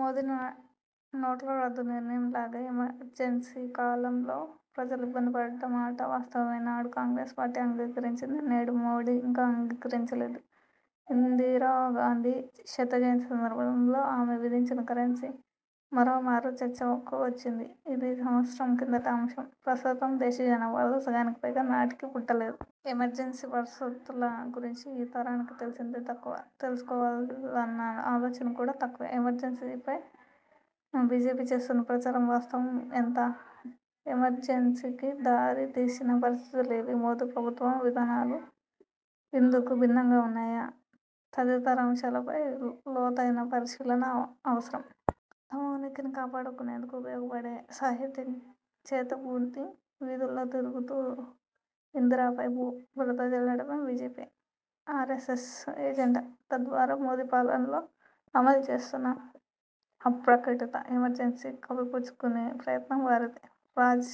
మోదీ నోట్లరద్దు నిర్ణయంలాగే, ఎమర్జెన్సీ కాలంలో ప్రజలు ఇబ్బందిపడ్డ మాట వాస్తవమే. నాడు కాంగ్రెస్ పార్టీ అంగీకరించింది, నేడు మోదీ ఇంకా అంగీకరించలేదు. ఇందిరాగాంధీ శతజయంతి సందర్భంగా ఆమె విధించిన 'ఎమర్జెన్సీ' మరోమారు చర్చకువచ్చింది. ఇది సంవత్సరాల కిందటి అంశం. ప్రస్తుత దేశ జనాభాలో సగానికిపైగా నాటికి పుట్టలేదు. ఎమర్జెన్సీ పరిస్థితుల గురించి ఈ తరానికి తెలిసింది తక్కువే. తెలుసుకోవాలన్న ఆలోచన కూడా తక్కువే. ఎమర్జెన్సీపై బీజేపీ చేస్తున్న ప్రచారంలో వాస్తవం ఎంత? ఎమర్జెన్సీకి దారితీసిన పరిస్థితులు ఏవి? మోదీ ప్రభుత్వ విధానాలు ఇందుకు భిన్నంగా ఉన్నాయా? తదితర అంశాలపై లోతైన పరిశీలన అవ సరం. తమ ఉనికిని కాపాడుకొనేందుకు ఉపయోగపడే సాహిత్యం చేతబూని వీధుల్లో తిరుగుతూ ఇందిరపై బురదజల్లటమే బీజేపీ, ఆరెస్సెస్ ఎజెండా. తద్వారా, మోదీ పాలనలో అమలుచేస్తున్న అప్రకటిత ఎమర్జెన్సీ కప్పిపుచ్చుకునే ప్రయత్నం వారిది. రాజ్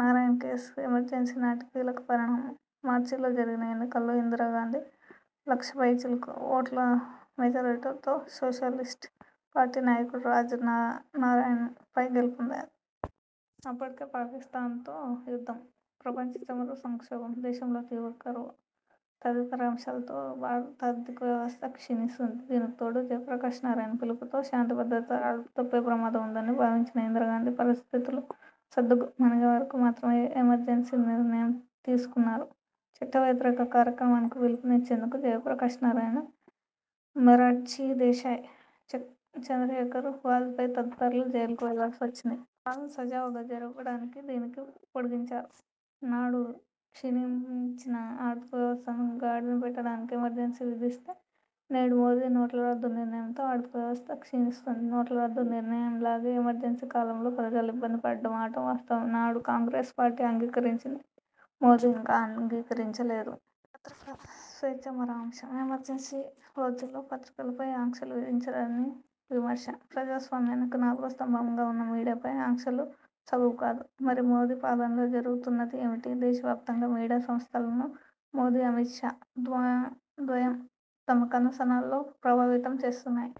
నారాయణ్ కేసు ఎమర్జెన్సీ నాటి కీలకపరిణామం. మార్చిలో జరిగిన ఎన్నికల్లో ఇందిరా గాంధి లక్ష పైచిలుకు ఓట్ల మెజారిటీతో సోషలిస్టు పార్టీ నాయకుడు రాజ్ నారాయణ్ పై గెలుపొందారు. అప్పటికే, పాకిస్థాన్తో యుద్ధం, 'ప్రపంచ చమురు సంక్షోభం', దేశంలో తీవ్ర కరువు తదితర అంశాలతో భారత ఆర్థిక వ్యవస్థ క్షీణిస్తోంది. దీనికితోడు, జయప్రకాష్ నారాయణ్ పిలుపుతో శాంతిభద్రతలు అదుపు తప్పే ప్రమాదం వుందని భావించిన ఇందిరాగాంధీ పరిస్థితులు సద్దుమణిగేవరకు మాత్రమే ఎమర్జెన్సీ నిర్ణయం తీసుకున్నారు. చట్టవ్యతిరేక కార్యక్రమానికి పిలుపునిచ్చినందుకు జయప్రకాష్ నారాయణ్, మొరార్జీ దేశాయ్, చంద్రశేఖర్, వాజపేయి తదితరులు జైలుకు వెళ్ళాల్సివచ్చింది. పాలన సజావుగా జరుపటానికి దీనిని పొడిగించారు. నాడు క్షీణించిన ఆర్థిక వ్యవస్థను గాడిన పెట్టటానికి ఎమర్జెన్సీ విధిస్తే, నేడు మోదీ నోట్లరద్దు నిర్ణయంతో ఆర్థిక వ్యవస్థ క్షీణిస్తోంది. నోట్లరద్దు నిర్ణయంలాగే, ఎమర్జెన్సీ కాలంలో ప్రజలు ఇబ్బంది పడ్డమాట వాస్తవమే. నాడు కాంగ్రెస్ పార్టీ అంగీకరించింది, మోదీ ఇంకా అంగీకరించలేదు. పత్రికా స్వేచ్ఛ మరో అంశం. ఎమర్జెన్సీ రోజుల్లో పత్రికలపై ఆంక్షలు విధించారని విమర్శ. ప్రజాస్వామ్యానికి నాలుగో స్తంభంగా ఉన్న మీడియాపై ఆంక్షలు సబబు కాదు. మరి, మోదీ పాలనలో జరుగుతున్నది ఏమిటి? దేశవ్యాప్తంగా మీడియా సంస్థలను మోదీ, అమిత్ షా ద్వయం తమ కనుసన్నల్లో ప్రభావితం చేస్తున్నాయి.